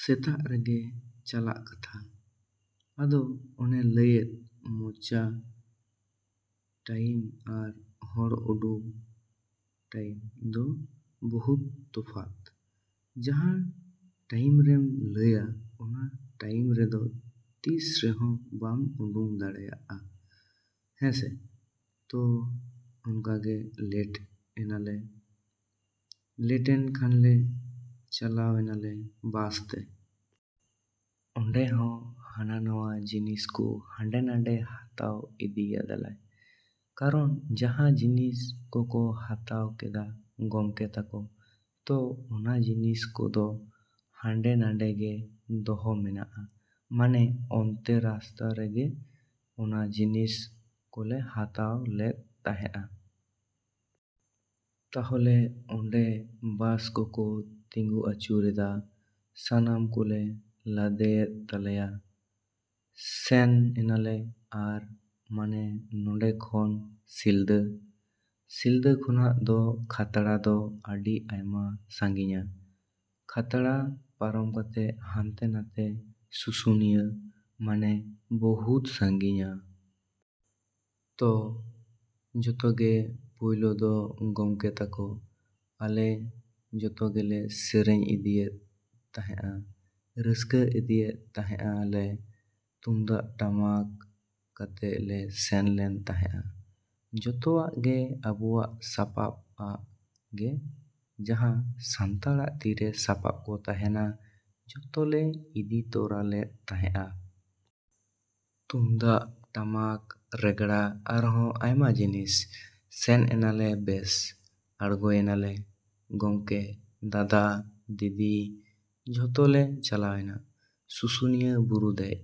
ᱥᱮᱛᱟᱜ ᱨᱮᱜᱮ ᱪᱟᱞᱟᱜ ᱠᱟᱛᱷᱟ᱾ ᱟᱫᱚ ᱚᱱᱮ ᱞᱟᱹᱭᱮᱫ ᱢᱚᱪᱟ ᱴᱟᱹᱭᱤᱢ ᱟᱨ ᱦᱚᱲ ᱩᱰᱩᱝ ᱴᱟᱸᱭᱤᱢ ᱫᱚ ᱵᱚᱦᱩᱛ ᱛᱚᱯᱷᱟᱛ᱾ ᱡᱟᱦᱟᱸ ᱴᱟᱹᱭᱤᱢᱨᱮᱢ ᱞᱟᱹᱭᱟ ᱚᱱᱟ ᱴᱟᱭᱤᱢ ᱨᱮᱫᱚ ᱛᱤᱥ ᱨᱮᱦᱚᱸ ᱵᱟᱢ ᱩᱰᱩᱝ ᱫᱟᱲᱮᱭᱟᱜᱼᱟ ᱦᱮᱸᱥᱮ᱾ ᱛᱚ, ᱚᱱᱠᱟᱜᱮ ᱞᱮᱴ ᱮᱱᱟᱞᱮ᱾ ᱞᱮᱴᱮᱱ ᱠᱷᱟᱱᱞᱮ ᱪᱟᱞᱟᱣ ᱮᱱᱟᱞᱮ ᱵᱟᱥᱛᱮ᱾ ᱚᱸᱰᱮ ᱦᱚᱸ ᱦᱟᱱᱟᱼᱱᱟᱣᱟ ᱡᱤᱱᱤᱥ ᱠᱚ ᱦᱟᱸᱰᱮᱼᱱᱟᱰᱮ ᱦᱟᱛᱟᱣ ᱤᱫᱤᱭᱮᱫᱟᱞᱮ᱾ ᱠᱟᱨᱚᱱ ᱡᱟᱦᱟᱸ ᱡᱤᱱᱤᱥ ᱠᱚᱠᱚ ᱦᱟᱛᱟᱣ ᱠᱮᱫᱟ ᱜᱚᱢᱠᱮ ᱛᱟᱠᱚ, ᱛᱚ, ᱚᱱᱟ ᱡᱤᱱᱤᱥ ᱠᱚᱫᱚ ᱦᱟᱸᱰᱮᱼᱱᱷᱟᱰᱮ ᱜᱮ ᱫᱚᱦᱚ ᱢᱮᱱᱟᱜᱼᱟ᱾ ᱢᱟᱱᱮ ᱚᱱᱛᱮ ᱨᱟᱥᱟᱛ ᱨᱮᱜᱮ ᱚᱱᱟ ᱡᱤᱱᱤᱥ ᱠᱚᱞᱮ ᱦᱟᱛᱟᱣ ᱞᱮᱫ ᱛᱟᱦᱮᱸᱜᱼᱟ᱾ ᱛᱟᱦᱚᱞᱮ ᱚᱸᱰᱮ ᱵᱟᱥ ᱠᱚᱠᱚ ᱛᱤᱸᱜᱩ ᱟᱪᱩᱨᱮᱫᱟ, ᱥᱟᱢᱟᱱ ᱠᱚᱞᱮ ᱞᱟᱫᱮᱭᱮᱫ ᱛᱟᱞᱮᱭᱟ, ᱥᱮᱱ ᱮᱱᱟᱞᱮ᱾ ᱟᱨ ᱢᱟᱱᱮ ᱱᱚᱰᱮ ᱠᱷᱚᱱ ᱥᱤᱞᱫᱟᱹ, ᱥᱤᱞᱫᱟᱹ ᱠᱷᱚᱱᱟᱜ ᱫᱚ ᱠᱷᱟᱛᱲᱟ ᱫᱚ ᱟᱹᱰᱤ ᱟᱭᱢᱟ ᱥᱟᱺᱜᱤᱧᱟ᱾ ᱠᱷᱟᱛᱲᱟ ᱯᱟᱨᱚᱢ ᱠᱟᱛᱮ ᱦᱟᱱᱛᱮ ᱢᱟᱱᱮ ᱥᱩᱥᱩᱱᱤᱭᱟᱹ ᱢᱟᱱᱮ ᱵᱚᱦᱩᱛ ᱥᱟᱺᱜᱤᱧᱟ᱾ ᱛᱚ, ᱡᱚᱛᱚ ᱜᱮ ᱯᱳᱭᱞᱳ ᱫᱚ ᱜᱚᱢᱠᱮ ᱛᱟᱠᱚ, ᱟᱞᱮ ᱡᱚᱛᱚ ᱜᱮᱞᱮ ᱥᱮᱨᱮᱧ ᱤᱫᱤᱭᱮᱛ ᱛᱟᱦᱮᱸᱜᱼᱟ᱾ ᱨᱟᱹᱥᱠᱟᱹ ᱤᱫᱤᱭᱮᱛ ᱛᱟᱦᱮᱸᱜᱼᱟ ᱞᱮ᱾ ᱛᱩᱢᱫᱟᱜ, ᱴᱟᱢᱟᱠ ᱠᱟᱛᱮ ᱞᱮ ᱥᱮᱱ ᱞᱮᱱ ᱛᱟᱦᱮᱸᱜᱼᱟ᱾ ᱡᱚᱛᱚᱣᱟᱜ ᱜᱮ ᱟᱵᱚᱣᱟᱜ ᱥᱟᱯᱟᱵ ᱟᱜ ᱜᱮ᱾ ᱡᱟᱦᱟᱸ ᱥᱟᱱᱛᱟᱲᱟᱜ ᱛᱤᱨᱮ ᱥᱟᱵᱟᱯ ᱠᱚ ᱛᱟᱦᱮᱱᱟ ᱡᱚᱛᱚ ᱞᱮ ᱤᱫᱤ ᱛᱚᱨᱟ ᱞᱮᱫ ᱛᱟᱦᱮᱸᱜᱼᱟ᱾ ᱛᱩᱢᱫᱟᱜ, ᱴᱟᱢᱟᱠ, ᱨᱮᱜᱽᱲᱟ ᱟᱨᱦᱚᱸ ᱟᱭᱢᱟ ᱡᱤᱱᱤᱥ᱾ ᱥᱮᱱ ᱮᱱᱟᱞᱮ ᱵᱮᱥ, ᱟᱬᱜᱚᱭᱮᱱᱟᱞᱮ᱾ ᱜᱚᱢᱠᱮ, ᱫᱟᱫᱟ, ᱫᱤᱫᱤ ᱡᱷᱚᱛᱚ ᱞᱮ ᱪᱟᱞᱟᱣᱮᱱᱟ᱾ ᱥᱩᱥᱩᱱᱤᱭᱟᱹ ᱵᱩᱨᱩ ᱫᱮᱡ᱾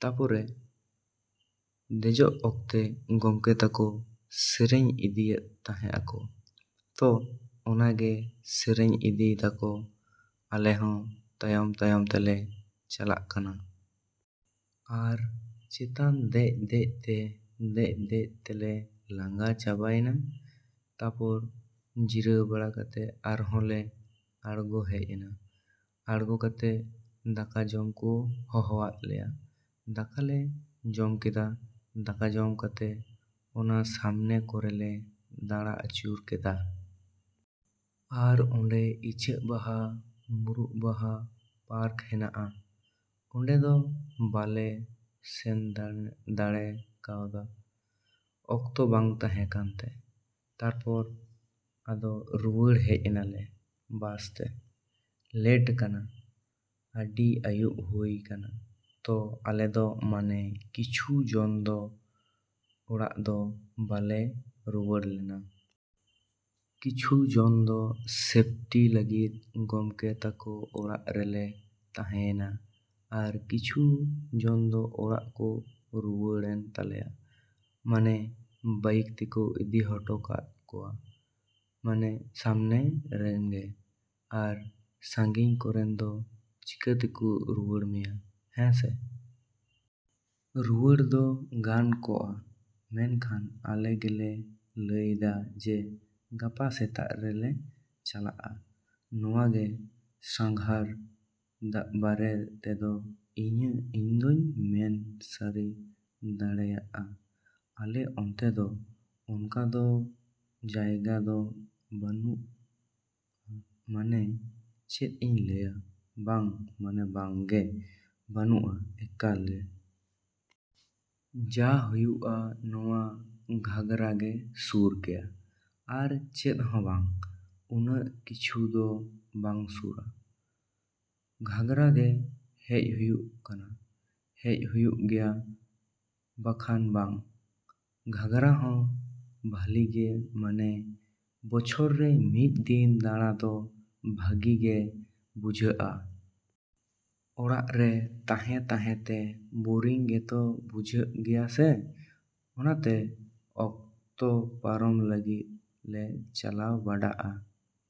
ᱛᱟᱨᱯᱚᱨᱮ ᱫᱮᱡᱚᱜ ᱚᱠᱛᱮ ᱜᱚᱢᱠᱮ ᱛᱟᱠᱚ ᱥᱮᱨᱮᱧ ᱤᱫᱤᱭᱮᱫ ᱛᱟᱦᱮᱸᱜᱼᱟᱠᱚ᱾ ᱛᱚ, ᱚᱱᱠᱟ ᱜᱮ ᱥᱮᱨᱮᱧ ᱤᱫᱤᱭᱮᱫᱟᱠᱚ, ᱟᱞᱮ ᱦᱚᱸ ᱛᱟᱭᱚᱢ, ᱛᱟᱭᱚᱢ ᱛᱮᱞᱮ ᱪᱟᱞᱟᱜ ᱠᱟᱱᱟ᱾ ᱟᱨ ᱪᱮᱛᱟᱱᱟ ᱫᱮᱡ ᱫᱮᱡ ᱛᱮ ᱫᱮᱡ ᱫᱮᱡ ᱛᱮᱞᱮ ᱞᱟᱸᱜᱟ ᱪᱟᱵᱟᱭᱮᱱᱟ᱾ ᱛᱟᱨᱯᱚᱨ ᱡᱤᱨᱟᱹᱣ ᱵᱟᱲᱟ ᱠᱟᱛᱮ ᱟᱨᱦᱚᱸᱞᱮ ᱟᱬᱜᱚ ᱦᱮᱡ ᱮᱱᱟ᱾ ᱟᱬᱜᱚ ᱠᱟᱛᱮ ᱫᱟᱠᱟ ᱡᱚᱢ ᱠᱚ ᱦᱚᱦᱚᱣᱟᱫ ᱞᱮᱭᱟ᱾ ᱫᱟᱠᱟ ᱞᱮ ᱡᱚᱢ ᱠᱮᱫᱟ᱾ ᱫᱟᱠᱟ ᱡᱚᱢ ᱠᱟᱛᱮ ᱚᱱᱟ ᱥᱟᱢᱱᱮ ᱠᱚᱨᱮᱞᱮ ᱫᱟᱬᱟ ᱟᱹᱪᱩᱨ ᱠᱮᱫᱟ᱾ ᱟᱨ ᱚᱸᱰᱮ ᱤᱪᱟᱹᱜ ᱵᱟᱦᱟ, ᱢᱩᱨᱩᱫ ᱵᱟᱦᱟ ᱯᱟᱨᱠ ᱦᱮᱱᱟᱜᱼᱟ᱾ ᱚᱸᱰᱮ ᱫᱚ ᱵᱟᱞᱮ ᱥᱮᱱ ᱫᱟᱲᱮ ᱠᱟᱣᱫᱟ ᱚᱠᱛᱚ ᱵᱟᱝ ᱛᱟᱦᱮᱸ ᱠᱟᱱᱛᱮ᱾ ᱛᱟᱨᱯᱚᱨ ᱟᱫᱚ ᱨᱩᱣᱟᱹᱲ ᱦᱮᱡ ᱮᱱᱟᱞᱮ᱾ ᱵᱟᱥᱛᱮ, ᱞᱮᱴ ᱠᱟᱱᱟ, ᱟᱹᱰᱤ ᱟᱹᱭᱩᱵ ᱦᱩᱭ ᱠᱟᱱᱟ᱾ ᱛᱚ ᱟᱞᱮ ᱫᱚ ᱢᱟᱱᱮ ᱠᱤᱪᱷᱩ ᱡᱚᱱ ᱫᱚ ᱚᱲᱟᱜ ᱫᱚ ᱵᱟᱞᱮ ᱨᱩᱣᱟᱹᱲ ᱞᱮᱱᱟ᱾ ᱠᱤᱪᱷᱩ ᱡᱚᱱ ᱫᱚ ᱥᱮᱯᱴᱤ ᱞᱟᱹᱜᱤᱫ ᱜᱚᱢᱠᱮ ᱛᱟᱠᱚ ᱚᱲᱟᱜ ᱨᱮᱞᱮ ᱛᱟᱦᱮᱸ ᱭᱮᱱᱟ᱾ ᱟᱨ ᱠᱤᱪᱷᱩ ᱡᱚᱱ ᱫᱚ ᱚᱲᱟᱜ ᱠᱚ ᱨᱩᱣᱟᱹᱲᱮᱱ ᱛᱟᱞᱮᱭᱟ᱾ ᱢᱟᱱᱮ ᱵᱟᱭᱤᱠ ᱛᱮᱠᱚ ᱤᱫᱤ ᱦᱚᱴᱚ ᱠᱟᱫ ᱠᱚᱣᱟ᱾ ᱥᱟᱢᱱᱮ ᱨᱮᱱᱜᱮ, ᱾ᱟᱨ ᱥᱟᱺᱜᱤᱧ ᱠᱚᱨᱮᱱ ᱫᱚ ᱪᱤᱠᱟᱹᱛᱮᱠᱚ ᱨᱩᱣᱟᱹᱲ ᱢᱮᱭᱟ ᱦᱮᱸᱥᱮ᱾ ᱨᱩᱣᱟᱹᱲ ᱫᱚ ᱜᱟᱱ ᱠᱚᱜᱼᱟ, ᱢᱮᱱᱠᱷᱟᱱ ᱟᱞᱮ ᱜᱮᱞᱮ ᱞᱟᱹᱭᱮᱫᱟ ᱡᱮ, ᱜᱟᱯᱟ ᱥᱮᱛᱟᱜ ᱨᱮᱞᱮ ᱪᱟᱞᱟᱜᱼᱟ᱾ ᱱᱚᱣᱟ ᱜᱮ ᱥᱟᱸᱜᱷᱟᱨ ᱵᱟᱨᱮ ᱛᱮᱫᱚ ᱤᱧᱫᱚᱹᱧ ᱢᱮᱱ ᱥᱟᱹᱨᱤ ᱫᱟᱲᱮᱭᱟᱜᱼᱟ᱾ ᱟᱞᱮ ᱚᱱᱛᱮ ᱫᱚ ᱚᱱᱠᱟ ᱫᱚ ᱡᱟᱭᱜᱟ ᱫᱚ ᱵᱟᱹᱱᱩᱜᱼᱟ᱾ ᱢᱟᱱᱮ ᱪᱮᱫ ᱤᱧ ᱞᱟᱹᱭᱟ ᱵᱟᱝ ᱢᱟᱱᱮ ᱵᱟᱝ ᱜᱮ, ᱵᱟᱹᱱᱩᱜᱼᱟ ᱮᱠᱟᱞ ᱜᱮ᱾ ᱡᱟ ᱦᱩᱭᱩᱜᱼᱟ ᱱᱚᱣᱟ ᱜᱷᱟᱜᱽᱨᱟ ᱜᱮ ᱥᱩᱨ ᱜᱮᱭᱟ᱾ ᱟᱨ ᱪᱮᱫ ᱦᱚᱸ ᱵᱟᱝ᱾ ᱩᱱᱟᱹᱜ ᱠᱤᱪᱷᱩ ᱫᱚ ᱵᱟᱝ ᱥᱩᱨᱟ᱾ ᱜᱷᱟᱜᱽᱨᱟ ᱜᱮ ᱦᱮᱡ ᱦᱩᱭᱩᱜ ᱠᱟᱱᱟ, ᱦᱮᱡ ᱦᱩᱭᱩᱜ ᱜᱮᱭᱟ ᱵᱟᱠᱷᱟᱱ ᱵᱟᱝ᱾ ᱜᱷᱟᱜᱽᱨᱟ ᱦᱚᱸ ᱵᱷᱟᱞᱤᱜᱮ ᱢᱟᱱᱮ ᱵᱚᱪᱷᱚᱨ ᱨᱮ ᱢᱤᱫ ᱫᱤᱱ ᱫᱟᱬᱟ ᱫᱚ ᱵᱷᱟᱜᱤ ᱜᱮ ᱵᱩᱡᱷᱟᱹᱜᱼᱟ᱾ ᱚᱲᱟᱜ ᱨᱮ ᱛᱟᱦᱮᱸ ᱛᱟᱦᱮᱸ ᱛᱮ ᱵᱳᱨᱤᱝ ᱜᱮᱛᱚ ᱵᱩᱡᱷᱟᱹᱜ ᱜᱮᱭᱟ ᱥᱮ᱾ ᱚᱱᱟᱛᱮ ᱚᱠᱛᱚ ᱯᱟᱨᱚᱢ ᱞᱟᱹᱜᱤᱫ ᱞᱮ ᱪᱟᱞᱟᱣ ᱵᱟᱰᱟᱜ-ᱟ᱾